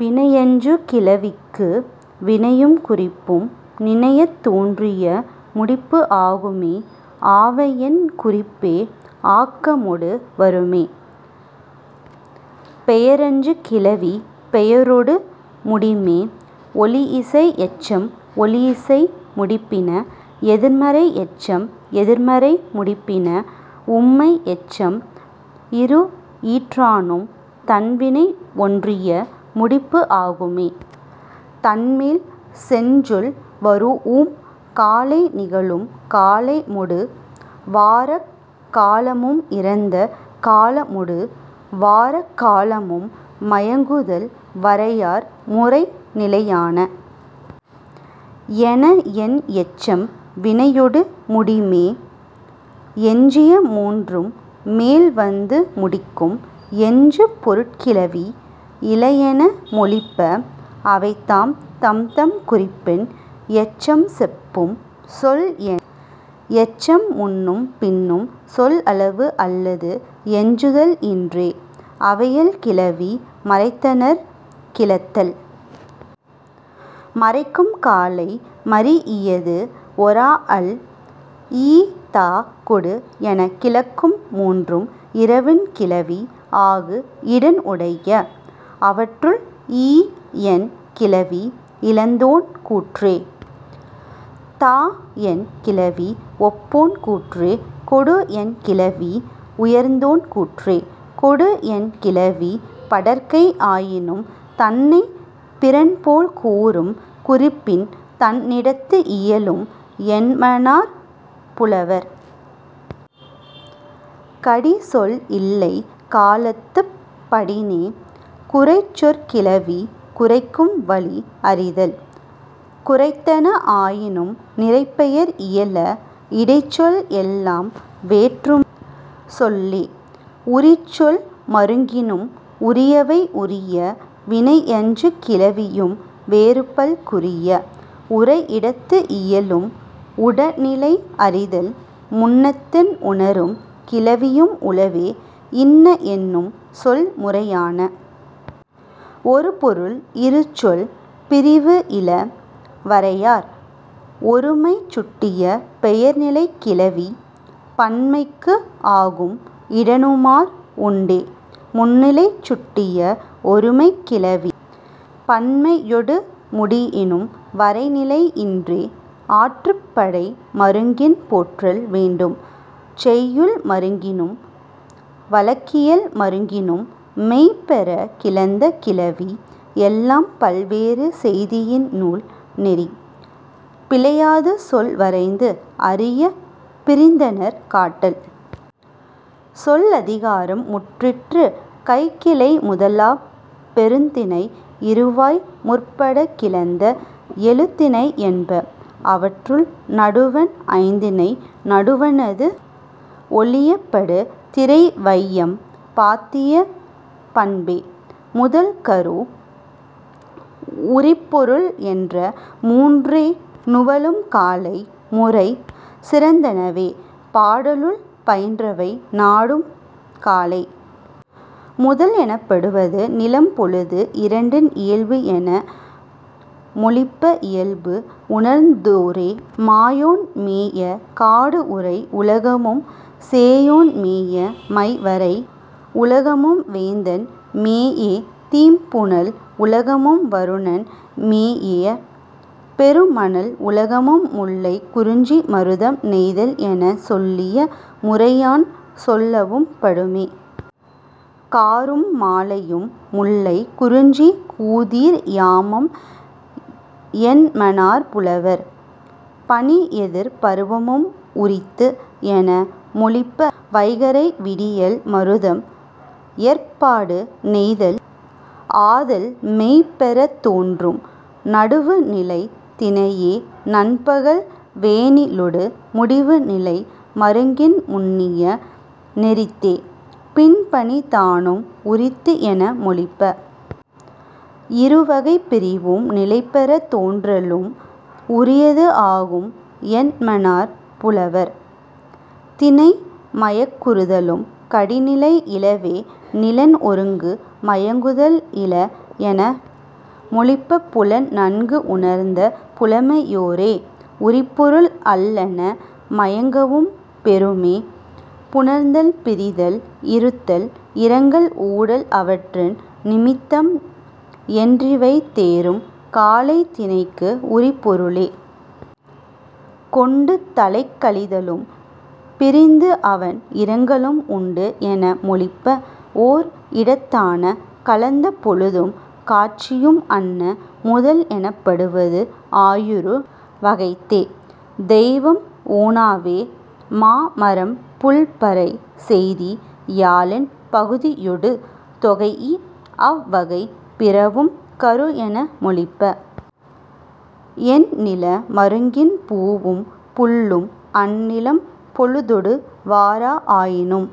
வினையெஞ்சுகிளவிக்கு வினையும் குறிப்பும் நினையத் தோன்றிய முடிபு ஆகும்மே ஆவயின் குறிப்பே ஆக்கமொடு வருமே. பெயரெஞ்சுகிளவி பெயரொடு முடிமே. ஒலியிசை எச்சம் ஒலியிசை முடிபின. எதிர்மறை எச்சம் எதிர்மறை முடிபின. உம்மை எச்சம் இரு ஈற்றானும் தன் வினை ஒன்றிய முடிபு ஆகும்மே. தன்மேல் செஞ்சொல் வரூஉம் காலை நிகலும் காலமொடு வாராக் காலமும் இறந்த காலமொடு வாராக் காலமும் மயங்குதல் வரையார் முறைநிலையான. என என் எச்சம் வினையொடு முடிமே. எஞ்சிய மூன்றும் மேல் வந்து முடிக்கும் எஞ்சு பொருட் கிளவி இல என மொலிப. அவைதாம், தம்தம் குறிப்பின் எச்சம் செப்பும். சொல் என் எச்சம் முன்னும் பின்னும் சொல் அளவு அல்லது எஞ்சுதல் இன்றே. அவையல் கிளவி மறைத்தனர் கிளத்தல். மறைக்கும் காலை மரீஇயது ஒராஅல். ஈ தா கொடு எனக் கிளக்கும் மூன்றும் இரவின் கிளவி ஆகு இடன் உடைய. அவற்றுள், ஈ என் கிளவி இலந்தோன் கூற்றே. தா என் கிளவி ஒப்போன் கூற்றே. கொடு என் கிளவி உயர்ந்தோன் கூற்றே. கொடு என் கிளவி படர்க்கை ஆயினும் தன்னைப் பிறன் போல் கூறும் குறிப்பின் தன்னிடத்து இயலும் என்மனார் புலவர். கடி சொல் இல்லை காலத்துப் படினே. குறைச்சொற் கிளவி குறைக்கும் வலி அறிதல். குறைத்தன ஆயினும் நிறைப் பெயர் இயல. இடைச்சொல் எல்லாம் வேற்றுமைச் சொல்லே. உரிச்சொல் மருங்கினும் உரியவை உரிய. வினையெஞ்சுகிளவியும் வேறு பல் குறிய. உரையிடத்து இயலும் உடனிலை அறிதல். முன்னத்தின் உணரும் கிளவியும் உளவே இன்ன என்னும் சொல் முறையான. ஒரு பொருள் இரு சொல் பிரிவு இல வரையார். ஒருமை சுட்டிய பெயர் நிலைக் கிளவி பன்மைக்கு ஆகும் இடனுமார் உண்டே. முன்னிலை சுட்டிய ஒருமைக் கிளவி பன்மையொடு முடியினும் வரை நிலை இன்றே ஆற்றுப்படை மருங்கின் போற்றல் வேண்டும். செய்யுள் மருங்கினும் வலக்கியல் மருங்கினும் மெய் பெறக் கிளந்த கிளவி எல்லாம் பல் வேறு செய்தியின் நூல் நெறி பிலையாது சொல் வரைந்து அறிய பிரிந்தனர் காட்டல். சொல்லதிகாரம் முற்றிற்று கைக்கிளை முதலாப் பெருந்திணை இறுவாய் முற்படக் கிளந்த எலு திணை என்ப. அவற்றுள், நடுவண் ஐந்திணை நடுவணது ஒலிய படு திரை வையம் பாத்திய பண்பே. முதல் கரு உரிப்பொருள் என்ற மூன்றே நுவலும் காலை முறை சிறந்தனவே பாடலுள் பயின்றவை நாடும் காலை. முதல் எனப்படுவது நிலம் பொலுது இரண்டின் இயல்பு என மொலிப இயல்பு உணர்ந்தோரே. மாயோன் மேய காடு உறை உலகமும் சேயோன் மேய மை வரை உலகமும் வேந்தன் மேய தீம் புனல் உலகமும் வருணன் மேய பெரு மணல் உலகமும் முல்லை குறிஞ்சி மருதம் நெய்தல் எனச் சொல்லிய முறையான் சொல்லவும் படுமே. காரும் மாலையும் முல்லை. குறிஞ்சி, கூதிர் யாமம் என்மனார் புலவர். பனி எதிர் பருவமும் உரித்து என மொலிப. வைகறை விடியல் மருதம். எற்பாடு, நெய்தல் ஆதல் மெய் பெறத் தோன்றும். நடுவுநிலைத் திணையே நண்பகல் வேனிலொடு முடிவு நிலை மருங்கின் முன்னிய நெறித்தே. பின்பனிதானும் உரித்து என மொலிப. இரு வகைப் பிரிவும் நிலை பெறத் தோன்றலும் உரியது ஆகும் என்மனார் புலவர். திணை மயக்குறுதலும் கடி நிலை இலவே நிலன் ஒருங்கு மயங்குதல் இல என மொலிப புலன் நன்கு உணர்ந்த புலமையோரே. உரிப்பொருள் அல்லன மயங்கவும் பெறுமே. புணர்தல் பிரிதல் இருத்தல் இரங்கல் ஊடல் அவற்றின் நிமித்தம் என்றிவை தேரும் காலை திணைக்கு உரிப்பொருளே. கொண்டு தலைக்கலிதலும் பிரிந்து அவண் இரங்கலும் உண்டு என மொலிப ஓர் இடத்தான. கலந்த பொலுதும் காட்சியும் அன்ன. முதல் எனப்படுவது ஆயிரு வகைத்தே. தெய்வம் உணாவே மா மரம் புள் பறை செய்தி யாலின் பகுதியொடு தொகைஇ அவ் வகை பிறவும் கரு என மொலிப. எந் நில மருங்கின் பூவும் புள்ளும் அந் நிலம் பொலுதொடு வாரா ஆயினும்।